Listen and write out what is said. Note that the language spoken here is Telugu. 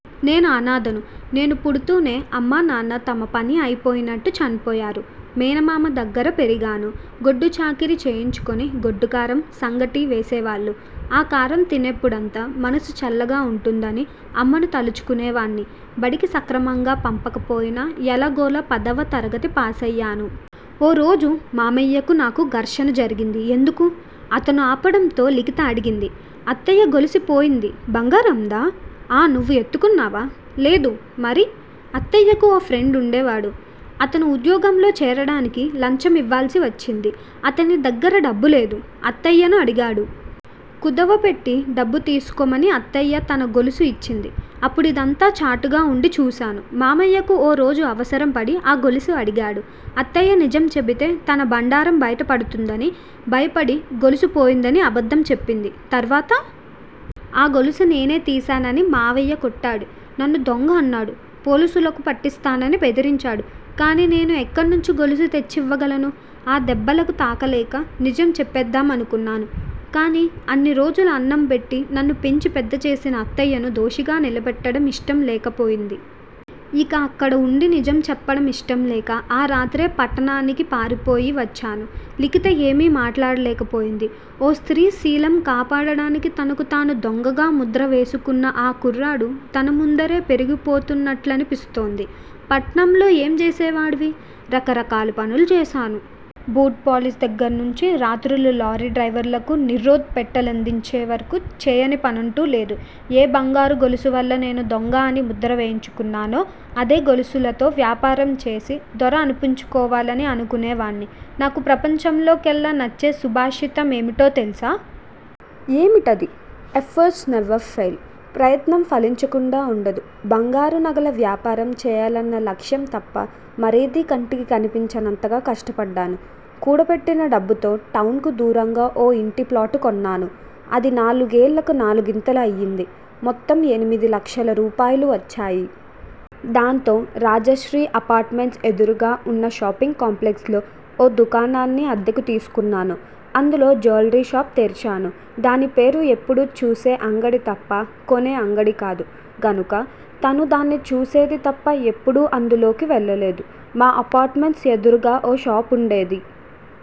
నేను అనాధను నేను పుడుతూనే అమ్మా నాన్న తమ పని అయిపోయినట్టు చనిపోయారు. మేనమామ దగ్గర పెరిగాను. గొడ్డుచాకిరీ చేయించుకుని గొడ్డుకారం, సంగటీ వేసేవాళ్ళు ఆ కారం తినేప్పుడంతా మనసు చల్లగా ఉంటుందని అమ్మను తలుచుకునే వాడ్ని బడికి సక్రమంగా పంపకపోయినా ఎలాగోలా పదవ తరగతి పాసయ్యాను. ఓరోజు మామయ్యకు, నాకూ ఘర్షణ జరిగింది ఎందుకు? అతను ఆపడంతో లిఖిత అడిగింది. అత్తయ్య గొలుసు పోయింది బంగారందా? ఆ నువ్వు ఎత్తుకున్నావా? లేదు మరి? అత్తయ్యకు ఓ ఫ్రెండ్ ఉండేవాడు. అతను ఉద్యోగంలో చేరడానికి లంచం ఇవ్వాల్సి వచ్చింది. అతని దగ్గర డబ్బులేదు! అత్తయ్యను అడిగాడు. కుదవపెట్టి డబ్బు తీసుకోమని అత్తయ్య తన గొలుసు ఇచ్చింది. అప్పుడు ఇదంతా చాటుగా ఉండి చూశాను మామయ్యకు ఓ రోజు అవసరం పడి ఆ గొలుసు అడిగాడు. అత్తయ్య నిజం చెబితే తన బండారం బయట పడుతుందని భయపడి గొలుసు పోయిందని అబద్దం చెప్పింది తరువాత? ఆ గొలుసు నేనే తీశానని మావయ్య కొట్టాడు. నన్ను దొంగ అన్నాడు. పోలీసులకు పట్టిస్తానని బెదిరించాడు. కాని నేను ఎక్కన్నుంచి గొలుసు తెచ్చివ్వగలను? ఆ దెబ్బలకు తాళలేక నిజం చెప్పేద్దామనుకున్నాను. కానీ అన్ని రోజులు అన్నం పెట్టి నన్ను పెంచి పెద్ద చేసిన అత్తయ్యను దోషిగా నిలబెట్టడం ఇష్టం లేకపోయింది. ఇక అక్కడ ఉండి నిజం చెప్పడం ఇష్టంలేక ఆ రాత్రే పట్నానికి పారిపోయి వచ్చాను లిఖిత ఏమీ మాట్లాడలేకపోతోంది. ఓ స్త్రీ శీలం కాపాడడానికి తనకు తాను దొంగగా ముద్ర వేసుకున్న ఆ కుర్రాడు తన ముందరే పెరిగిపోతున్నట్లనిపిస్తోంది. పట్నంలో ఏం చేసేవాడివి? రకరకాల పనులు చేశాను. బూట్ పాలిష్ దగ్గర్నుంచి రాత్రుళ్ళు లారీ డ్రయివర్లకు నిరోధ్ పెట్టెలందించే వరకు చేయని పనంటూ లేదు. ఏ బంగారు గొలుసువల్ల నేను దొంగ అని ముద్ర వేయించుకొన్నానో, అదే గొలుసులతో వ్యాపారం చేసి దొర అనిపించుకోవాలని అనుకునే వాడ్ని నాకు ప్రపంచంలో కెల్లా నచ్చే సుభాషితం ఏమిటో తెలుసా? ఏమిటది? ఎఫెర్ట్స్ నెవర్ ఫెయిల్' ప్రయత్నం ఫలించకుండా ఉండదు బంగారు నగల వ్యాపారం చేయాలన్న లక్ష్యం తప్ప మరేదీ కంటికి కనిపించనంతగా కష్టపడ్డాను. కూడబెట్టిన డబ్బుతో టౌనుకు దూరంగా ఓ ఇంటిప్లాటు కొన్నాను. అది నాలుగేళ్ళకు నాలుగింతలు అయింది. మొత్తం ఎనిమిది లక్షల రూపాయలు వచ్చాయి. దాంతో రాజశ్రీ అపార్ట్ మెంట్స్ ఎదురుగా ఉన్న షాపింగ్ కాంప్లెక్స్ లో ఓ దుకాణాన్ని అద్దెకు తీసుకొన్నాను. అందులో జ్యూయలరీ షాపు తెరిచాను. దాని పేరు ఎప్పుడూ చూసే అంగడి తప్ప కొనే అంగడి కాదు గనుక తనూ దాన్ని చూసేది తప్ప ఎప్పుడూ అందులోకి వెళ్ళలేదు. మా అపార్ట్ మెంట్స్ ఎదురుగ్గా ఓ షాపుండేది